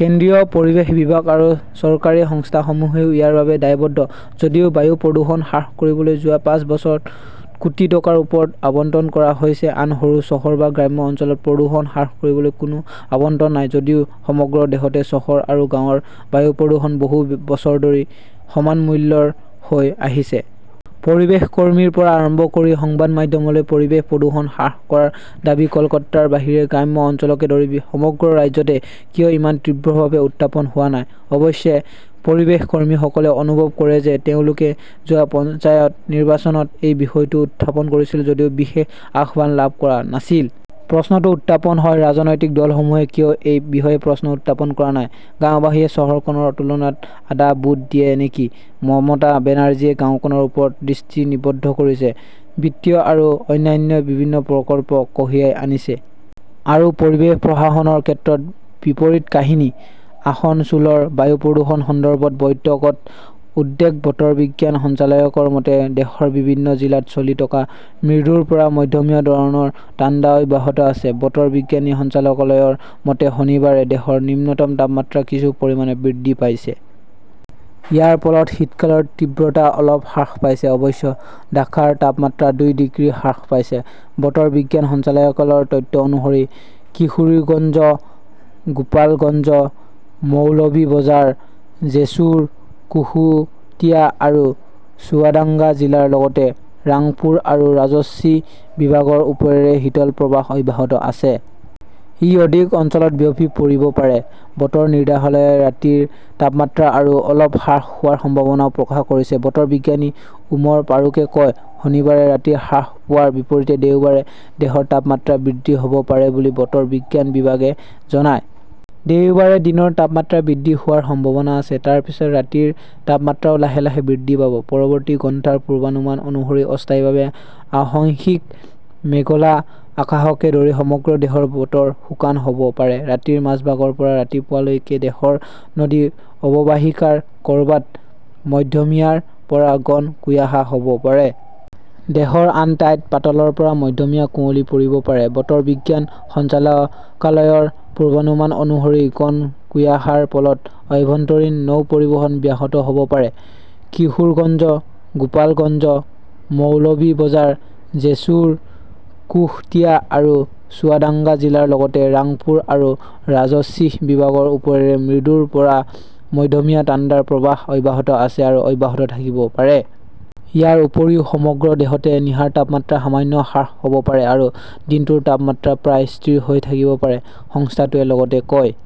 কেন্দ্ৰীয় পৰিৱেশ বিভাগ আৰু চৰকাৰী সংস্থাসমূহেও ইয়াৰ বাবে দায়বদ্ধ। যদিও বায়ু প্ৰদূষণ হ্ৰাস কৰিবলৈ যোৱা পাঁচ বছৰত কোটি টকাৰ ওচৰত আবণ্টন কৰা হৈছে, আন সৰু চহৰ বা গ্ৰাম্য অঞ্চলত প্ৰদূষণ হ্ৰাস কৰিবলৈ কোনো আবণ্টন নাই; যদিও সমগ্ৰ দেশতে চহৰ আৰু গাঁৱৰ বায়ু প্ৰদূষণ বহু বছৰ ধৰি সমান মূল্যৰ হৈ আহিছে। পৰিৱেশ কৰ্মীৰ পৰা আৰম্ভ কৰি সংবাদ মাধ্যমলৈ পৰিৱেশ প্ৰদূষণ হ্ৰাস কৰাৰ দাবী কলকাতাৰ বাহিৰে গ্ৰাম্য অঞ্চলকে ধৰি সমগ্ৰ ৰাজ্যতে কিয় ইমান তীব্ৰভাৱে উত্থাপন হোৱা নাই। অৱশ্যে, পৰিৱেশ কৰ্মীসকলে অনুভৱ কৰে যে তেওঁলোকে যোৱা পঞ্চায়ত নিৰ্বাচনত এই বিষয়টো উত্থাপন কৰিছিল যদিও বিশেষ আহ্বান লাভ কৰা নাছিল। প্ৰশ্নটো উত্থাপন হয়, ৰাজনৈতিক দলসমূহেও কিয় এই বিষয়ে প্ৰশ্ন উত্থাপন কৰা নাই? গাওঁবাসীয়ে চহৰখনৰ তুলনাত আধা ভোট দিয়ে নেকি? মমতা বেনাৰ্জীয়ে গাওঁখনৰ ওপৰত দৃষ্টি নিবদ্ধ কৰিছে, বিত্তীয় আৰু অন্যান্য বিভিন্ন প্ৰকল্প কঢ়িয়াই আনিছে। আৰু পৰিৱেশ প্ৰশাসনৰ ক্ষেত্ৰত বিপৰীত কাহিনী? আসনছোলৰ বায়ু প্ৰদূষণ সন্দৰ্ভত বৈঠকত উদ্বেগ বতৰ বিজ্ঞান সঞ্চালকালয়ৰ মতে, দেশৰ বিভিন্ন জিলাত চলি থকা মৃদুৰ পৰা মধ্যমীয়া ধৰণৰ ঠাণ্ডা অব্যাহত আছে। বতৰ বিজ্ঞান সঞ্চালকালয়ৰ মতে, শনিবাৰে দেশৰ নিম্নতম তাপমাত্ৰা কিছু পৰিমাণে বৃদ্ধি পাইছে। ইয়াৰ ফলত শীতকালৰ তীব্ৰতা অলপ হ্ৰাস পাইছে। অৱশ্যে ঢাকাৰ তাপমাত্ৰা দুই ডিগ্ৰী হ্ৰাস পাইছে। বতৰ বিজ্ঞান সঞ্চালকালয়ৰ তথ্য অনুসৰি কিশোৰগঞ্জ, গোপালগঞ্জ, মৌলভি বজাৰ, জেছুৰ, কুশটিয়া আৰু চুৱাডাঙ্গা জিলাৰ লগতে ৰাংপুৰ আৰু ৰাজশ্বিহ বিভাগৰ ওপৰেৰে শীতল প্ৰৱাহ অব্যাহত আছে। ই অধিক অঞ্চলত বিয়পি পৰিব পাৰে। বতৰ নিৰ্দেশালয়ে ৰাতিৰ তাপমাত্ৰা আৰু অলপ হ্ৰাস হোৱাৰ সম্ভাৱনাও প্ৰকাশ কৰিছে । বতৰ বিজ্ঞানী ওমৰ ফাৰুকে কয়' "শনিবাৰে ৰাতি হ্ৰাস পোৱাৰ বিপৰীতে দেওবাৰে দেশৰ তাপমাত্ৰা বৃদ্ধি হ'ব পাৰে বুলি বতৰ বিজ্ঞান বিভাগে জনায়। দেওবাৰে দিনৰ তাপমাত্ৰা বৃদ্ধি হোৱাৰ সম্ভাৱনা আছে, তাৰ পিছত ৰাতিৰ তাপমাত্ৰাও লাহে লাহে বৃদ্ধি পাব। পৰৱৰ্তী ঘণ্টাৰ পূৰ্বানুমান অনুসৰি অস্থায়ীভাৱে আশংক মেঘলা আকাশকে ধৰি সমগ্ৰ দেশৰ বতৰ শুকান হ'ব পাৰে। ৰাতিৰ মাজভাগৰ পৰা ৰাতিপুৱা লৈকে দেশৰ নদী অৱবাহিকাৰ ক'ৰবাত মধ্যমীয়াৰ পৰা ঘন কুয়াশা হ'ব পাৰে। দেশৰ আন ঠাইত পাতলৰ পৰা মধ্যমীয়া কুঁৱলী পৰিব পাৰে। বতৰ বিজ্ঞান সঞ্চালকালয়ৰ পূৰ্বানুমান অনুসৰি ঘন কুয়াশাৰ ফলত আভ্যন্তৰীণ নৌ পৰিবহণ ব্যাহত হ'ব পাৰে। কিশোৰগঞ্জ, গোপালগঞ্জ, মৌলভি বজাৰ, জেছুৰ, কুশটিয়া আৰু চুৱাডাঙ্গা জিলাৰ লগতে ৰাংপুৰ আৰু ৰাজশ্বিহ বিভাগৰ ওপৰেৰে মৃদুৰ পৰা মধ্যমীয়া ঠাণ্ডাৰ প্ৰৱাহ অব্যাহত আছে আৰু অব্যাহত থাকিব পাৰে। ইয়াৰ উপৰিও সমগ্ৰ দেশতে নিশাৰ তাপমাত্ৰা সামান্য হ্ৰাস হ'ব পাৰে আৰু দিনটোৰ তাপমাত্ৰা প্ৰায় স্থিৰ হৈ থাকিব পাৰে, সংস্থাটোৱে লগতে কয়।